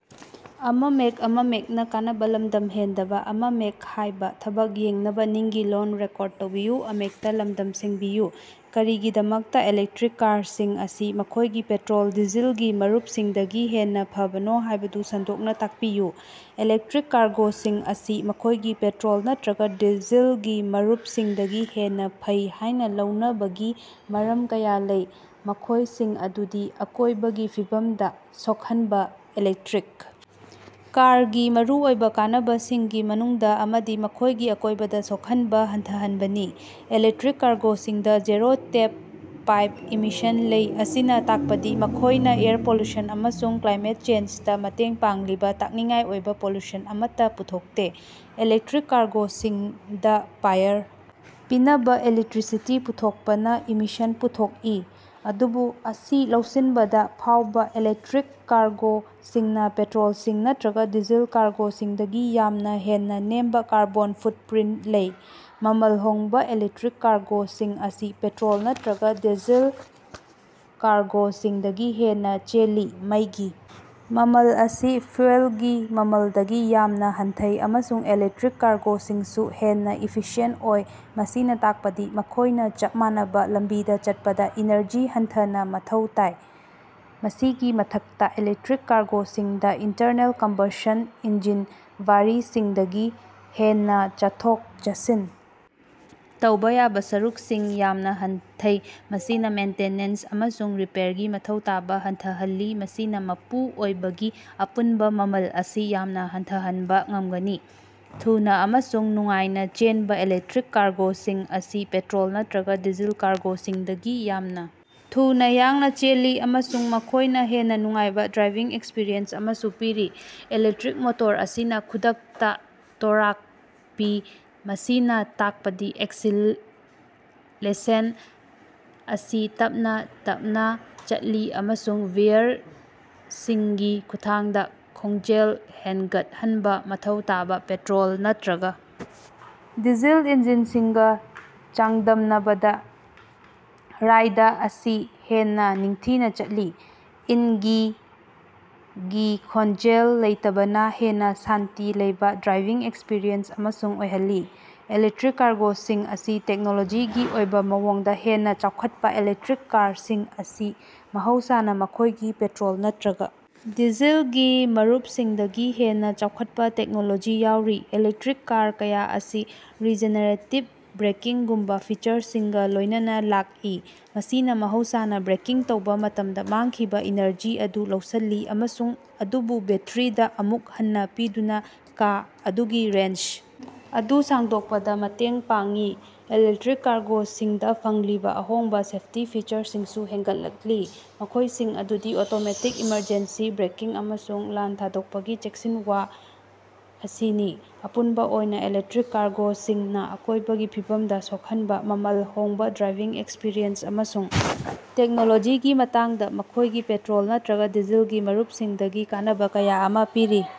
ꯀꯔꯤꯒꯤꯗꯃꯛꯇꯥ ꯏꯂꯦꯛꯇꯔꯤꯛ ꯀꯥꯔꯁꯤꯡ ꯑꯁꯤ ꯃꯈꯣꯏꯒꯤ ꯄꯦꯠꯇꯔꯣꯜ/ꯗꯤꯖꯜꯒꯤ ꯃꯔꯨꯞꯁꯤꯡꯗꯒꯤ ꯍꯦꯟꯅꯥ ꯐꯕꯅꯣ ꯍꯥꯏꯕꯗꯨ ꯁꯟꯗꯣꯛꯅꯥ ꯇꯥꯛꯄꯤꯌꯨ꯫ ꯏꯂꯦꯛꯇꯔꯤꯛ ꯀꯥꯔꯒꯣꯁꯤꯡ ꯑꯁꯤ ꯃꯈꯣꯏꯒꯤ ꯄꯦꯠꯇꯔꯣꯜ ꯅꯠꯇ꯭ꯔꯒꯥ ꯗꯤꯖꯜꯒꯤ ꯃꯔꯨꯞꯁꯤꯡꯗꯒꯤ ꯍꯦꯟꯅꯥ ꯐꯩ ꯍꯥꯏꯅꯥ ꯂꯧꯅꯕꯒꯤ ꯃꯔꯝ ꯀꯌꯥ ꯂꯩ, ꯃꯈꯣꯏꯁꯤꯡ ꯑꯗꯨꯗꯤ: ꯑꯀꯣꯏꯕꯒꯤ ꯐꯤꯕꯝꯗꯥ ꯁꯣꯛꯍꯟꯕꯥ: ꯏꯂꯦꯛꯇꯔꯤꯛ ꯀꯥꯔꯒꯤ ꯃꯔꯨꯑꯣꯏꯕꯥ ꯀꯥꯟꯅꯕꯁꯤꯡꯒꯤ ꯃꯅꯨꯡꯗꯥ ꯑꯃꯗꯤ ꯃꯈꯣꯏꯒꯤ ꯑꯀꯣꯏꯕꯗꯥ ꯁꯣꯛꯍꯟꯕꯥ ꯍꯟꯊꯍꯟꯕꯅꯤ꯫ ꯏꯂꯦꯛꯇꯔꯤꯛ ꯀꯥꯔꯒꯣꯁꯤꯡꯗꯥ ꯖꯤꯔꯣ ꯇꯦꯞꯄꯥꯏꯞ ꯏꯃꯤꯁꯟ ꯂꯩ, ꯃꯁꯤꯅꯥ ꯇꯥꯛꯄꯗꯤ ꯃꯈꯣꯏꯅꯥ ꯑꯦꯌꯔ ꯄꯣꯂꯨꯁꯟ ꯑꯃꯁꯨꯡ ꯀ꯭ꯂꯥꯏꯃꯦꯠ ꯆꯦꯟꯖꯗꯥ ꯃꯇꯦꯡ ꯄꯥꯡꯂꯤꯕꯥ ꯃꯥꯡ-ꯇꯥꯛꯅꯤꯡꯉꯥꯏ ꯑꯣꯏꯕꯥ ꯄꯣꯂꯨꯁꯟ ꯑꯃꯠꯇꯥ ꯄꯨꯊꯣꯛꯇꯦ꯫ ꯏꯂꯦꯛꯇꯔꯤꯛ ꯀꯥꯔꯒꯣꯁꯤꯡꯗꯥ ꯄꯥꯋꯔ ꯄꯤꯅꯕꯥ ꯏꯂꯦꯛꯇꯔꯤꯁꯤꯇꯤ ꯄꯨꯊꯣꯛꯄꯅꯥ ꯏꯃꯤꯁꯟ ꯄꯨꯊꯣꯛꯏ, ꯑꯗꯨꯕꯨ ꯃꯁꯤ ꯂꯧꯁꯤꯟꯕꯗꯥ ꯐꯥꯎꯕꯥ ꯏꯂꯦꯛꯇꯔꯤꯛ ꯀꯥꯔꯒꯣꯁꯤꯡꯅꯥ ꯄꯦꯇꯔꯣꯜ ꯅꯠꯇ꯭ꯔꯒꯥ ꯗꯤꯖꯦꯜ ꯀꯥꯔꯒꯣꯁꯤꯡꯗꯒꯤ ꯌꯥꯝꯅꯥ ꯍꯦꯟꯅꯥ ꯅꯦꯝꯕꯥ ꯀꯥꯔꯕꯣꯟ ꯐꯨꯠꯄꯔꯤꯟꯇ ꯂꯩ꯫ ꯃꯃꯜ ꯍꯣꯡꯕꯥ: ꯏꯂꯦꯛꯇꯔꯤꯛ ꯀꯥꯔꯒꯣꯁꯤꯡ ꯑꯁꯤ ꯄꯦꯇꯔꯣꯜ ꯅꯠꯇ꯭ꯔꯒꯥ ꯗꯤꯖꯦꯜ ꯀꯥꯔꯒꯣꯁꯤꯡꯗꯒꯤ ꯍꯦꯟꯅꯥ ꯆꯦꯜꯂꯤ꯫ ꯃꯩꯒꯤ ꯃꯃꯜ ꯑꯁꯤ ꯐ꯭ꯌꯨꯑꯦꯜꯒꯤ ꯃꯃꯜꯗꯒꯤ ꯌꯥꯝꯅꯥ ꯍꯟꯊꯩ, ꯑꯃꯁꯨꯡ ꯏꯂꯦꯛꯇꯔꯤꯛ ꯀꯥꯔꯒꯣꯁꯤꯡꯁꯨ ꯍꯦꯟꯅꯥ ꯏꯐꯤꯁꯤꯑꯦꯟꯇ ꯑꯣꯏ, ꯃꯁꯤꯅꯥ ꯇꯥꯛꯄꯗꯤ ꯃꯈꯣꯏꯅꯥ ꯆꯞ ꯃꯥꯟꯅꯕꯥ ꯂꯝꯕꯤꯗꯥ ꯆꯠꯄꯗꯥ ꯏꯅꯔꯖꯤ ꯍꯟꯊꯅꯥ ꯃꯊꯧ ꯇꯥꯏ꯫ ꯃꯁꯤꯒꯤ ꯃꯊꯛꯇꯥ, ꯏꯂꯦꯛꯇꯔꯤꯛ ꯀꯥꯔꯒꯣꯁꯤꯡꯗꯥ ꯏꯟꯇꯔꯅꯦꯜ ꯀꯝꯕꯁꯟ ꯏꯟꯖꯤꯟ ꯒꯥꯔꯤꯁꯤꯡꯗꯒꯤ ꯍꯦꯟꯅꯥ ꯆꯠꯊꯣꯛ-ꯆꯠꯁꯤꯟ ꯇꯧꯕꯥ ꯌꯥꯕꯥ ꯁꯔꯨꯛꯁꯤꯡ ꯌꯥꯝꯅꯥ ꯍꯟꯊꯩ, ꯃꯁꯤꯅꯥ ꯃꯦꯟꯇꯦꯅꯦꯟꯁ ꯑꯃꯁꯨꯡ ꯔꯤꯄꯦꯌꯔꯒꯤ ꯃꯊꯧ ꯇꯥꯕꯥ ꯍꯟꯊꯍꯜꯂꯤ, ꯃꯁꯤꯅꯥ ꯃꯄꯨ ꯑꯣꯏꯕꯒꯤ ꯑꯄꯨꯟꯕꯥ ꯃꯃꯜ ꯑꯁꯤ ꯌꯥꯝꯅꯥ ꯍꯟꯊꯍꯟꯕꯥ ꯉꯝꯒꯅꯤ꯫ ꯊꯨꯅꯥ ꯑꯃꯁꯨꯡ ꯅꯨꯡꯉꯥꯏꯅꯥ ꯆꯦꯟꯕꯥ: ꯏꯂꯦꯛꯇꯔꯤꯛ ꯀꯥꯔꯒꯣꯁꯤꯡ ꯑꯁꯤ ꯄꯦꯇꯔꯣꯜ ꯅꯠꯇ꯭ꯔꯒꯥ ꯗꯤꯖꯦꯜ ꯀꯥꯔꯒꯣꯁꯤꯡꯗꯒꯤ ꯌꯥꯝꯅꯥ ꯊꯨꯅꯥ ꯌꯥꯡꯅꯥ ꯆꯦꯜꯂꯤ, ꯑꯃꯁꯨꯡ ꯃꯈꯣꯏꯅꯥ ꯍꯦꯟꯅꯥ ꯅꯨꯡꯉꯥꯏꯕꯥ ꯗ꯭ꯔꯥꯏꯚꯤꯡ ꯑꯦꯛꯁꯄꯤꯔꯤꯑꯦꯟꯁ ꯑꯃꯁꯨ ꯄꯤꯔꯤ꯫ ꯏꯂꯦꯛꯇꯔꯤꯛ ꯃꯣꯇꯣꯔ ꯑꯁꯤꯅꯥ ꯈꯨꯗꯛꯇꯥ ꯇꯣꯔꯛ ꯄꯤ, ꯃꯁꯤꯅꯥ ꯇꯥꯛꯄꯗꯤ ꯑꯦꯛꯁꯤꯂꯦꯁꯟ ꯑꯁꯤ ꯇꯞꯅꯥ ꯇꯞꯅꯥ ꯆꯠꯂꯤ ꯑꯃꯁꯨꯡ ꯒꯤꯌꯔꯁꯤꯡꯒꯤ ꯈꯨꯠꯊꯥꯡꯗꯥ ꯈꯣꯡꯖꯦꯜ ꯍꯦꯟꯒꯠꯍꯟꯕꯥ ꯃꯊꯧ ꯇꯥꯕꯥ ꯄꯦꯇꯔꯣꯜ ꯅꯠꯇ꯭ꯔꯒꯥ ꯗꯤꯖꯦꯜ ꯏꯟꯖꯤꯟꯁꯤꯡꯒꯥ ꯆꯥꯡꯗꯝꯅꯕꯗꯥ ꯔꯥꯏꯗ ꯑꯁꯤ ꯍꯦꯟꯅꯥ ꯅꯤꯡꯊꯤꯅꯥ ꯆꯠꯂꯤ꯫ ꯏꯟꯖꯤꯒꯤ ꯈꯣꯟꯖꯦꯜ ꯂꯩꯇꯕꯅꯥ ꯍꯦꯟꯅꯥ ꯁꯥꯟꯇꯤ ꯂꯩꯕꯥ ꯗ꯭ꯔꯥꯏꯚꯤꯡ ꯑꯦꯛꯁꯄꯤꯔꯤꯑꯦꯟꯁ ꯑꯃꯁꯨ ꯑꯣꯏꯍꯜꯂꯤ꯫ ꯏꯂꯦꯛꯇꯔꯤꯛ ꯀꯥꯔꯒꯣꯁꯤꯡ ꯑꯁꯤ ꯇꯦꯛꯅꯣꯂꯣꯖꯤꯒꯤ ꯑꯣꯏꯕꯥ ꯃꯑꯣꯡꯗꯥ ꯍꯦꯟꯅꯥ ꯆꯥꯎꯈꯠꯄꯥ: ꯏꯂꯦꯛꯇꯔꯤꯛ ꯀꯥꯔꯁꯤꯡ ꯑꯁꯤ ꯃꯍꯧꯁꯥꯅꯥ ꯃꯈꯣꯏꯒꯤ ꯄꯦꯇꯔꯣꯜ ꯅꯠꯇ꯭ꯔꯒꯥ ꯗꯤꯖꯜꯒꯤ ꯃꯔꯨꯞꯁꯤꯡꯗꯒꯤ ꯍꯦꯟꯅꯥ ꯆꯥꯎꯈꯠꯄꯥ ꯇꯦꯛꯅꯣꯂꯣꯖꯤ ꯌꯥꯎꯔꯤ꯫ ꯏꯂꯦꯛꯇꯔꯤꯛ ꯀꯥꯔ ꯀꯌꯥ ꯑꯁꯤ ꯔꯤꯖꯦꯅꯦꯔꯦꯇꯤꯕ ꯕ꯭ꯔꯦꯀꯤꯡꯒꯨꯝꯕꯥ ꯐꯤꯆꯔꯁꯤꯡꯒꯥ ꯂꯣꯏꯅꯅꯥ ꯂꯥꯛꯏ, ꯃꯁꯤꯅꯥ ꯃꯍꯧꯁꯥꯅꯥ ꯕ꯭ꯔꯦꯀꯤꯡ ꯇꯧꯕꯥ ꯃꯇꯝꯗꯥ ꯃꯥꯡꯈꯤꯕꯥ ꯏꯅꯔꯖꯤ ꯑꯗꯨ ꯂꯧꯁꯤꯜꯂꯤ ꯑꯃꯁꯨꯡ ꯃꯗꯨꯕꯨ ꯕꯦꯠꯇꯔꯤꯗꯥ ꯑꯃꯨꯛ ꯍꯟꯅꯥ ꯄꯤꯗꯨꯅꯥ ꯀꯥ ꯑꯗꯨꯒꯤ ꯔꯦꯟꯖ ꯑꯗꯨ ꯁꯥꯡꯗꯣꯛꯄꯗꯥ ꯃꯇꯦꯡ ꯄꯥꯡꯏ꯫ ꯏꯂꯦꯛꯇꯔꯤꯛ ꯀꯥꯔꯒꯣꯁꯤꯡꯗꯥ ꯐꯪꯂꯤꯕꯥ ꯑꯍꯣꯡꯕꯥ ꯁꯦꯐꯇꯤ ꯐꯤꯆꯔꯁꯤꯡꯁꯨ ꯍꯦꯟꯒꯠꯂꯛꯂꯤ, ꯃꯈꯣꯏꯁꯤꯡ ꯑꯗꯨꯗꯤ ꯑꯣꯇꯣꯃꯦꯇꯤꯛ ꯏꯃꯔꯖꯦꯟꯁꯤ ꯕ꯭ꯔꯦꯀꯤꯡ ꯑꯃꯁꯨꯡ ꯂꯦꯟ ꯊꯥꯗꯣꯛꯄꯒꯤ ꯆꯦꯛꯁꯤꯟꯋꯥ ꯑꯁꯤꯅꯤ꯫ ꯑꯄꯨꯟꯕꯥ ꯑꯣꯏꯅꯥ, ꯏꯂꯦꯛꯇꯔꯤꯛ ꯀꯥꯔꯒꯣꯁꯤꯡꯅꯥ ꯑꯀꯣꯏꯕꯒꯤ ꯐꯤꯕꯝꯗꯥ ꯁꯣꯛꯍꯟꯕꯥ, ꯃꯃꯜ ꯍꯣꯡꯕꯥ, ꯗ꯭ꯔꯥꯏꯚꯤꯡ ꯑꯦꯛꯁꯄꯤꯔꯤꯑꯦꯟꯁ, ꯑꯃꯁꯨꯡ ꯇꯦꯛꯅꯣꯂꯣꯖꯤꯒꯤ ꯃꯇꯥꯡꯗꯥ ꯃꯈꯣꯏꯒꯤ ꯄꯦꯇꯔꯣꯜ ꯅꯠꯇ꯭ꯔꯒꯥ ꯗꯤꯖꯜꯒꯤ ꯃꯔꯨꯄꯁꯤꯡꯗꯒꯤ ꯀꯥꯟꯅꯕꯥ ꯀꯌꯥ ꯑꯃꯥ ꯄꯤꯔꯤ꯫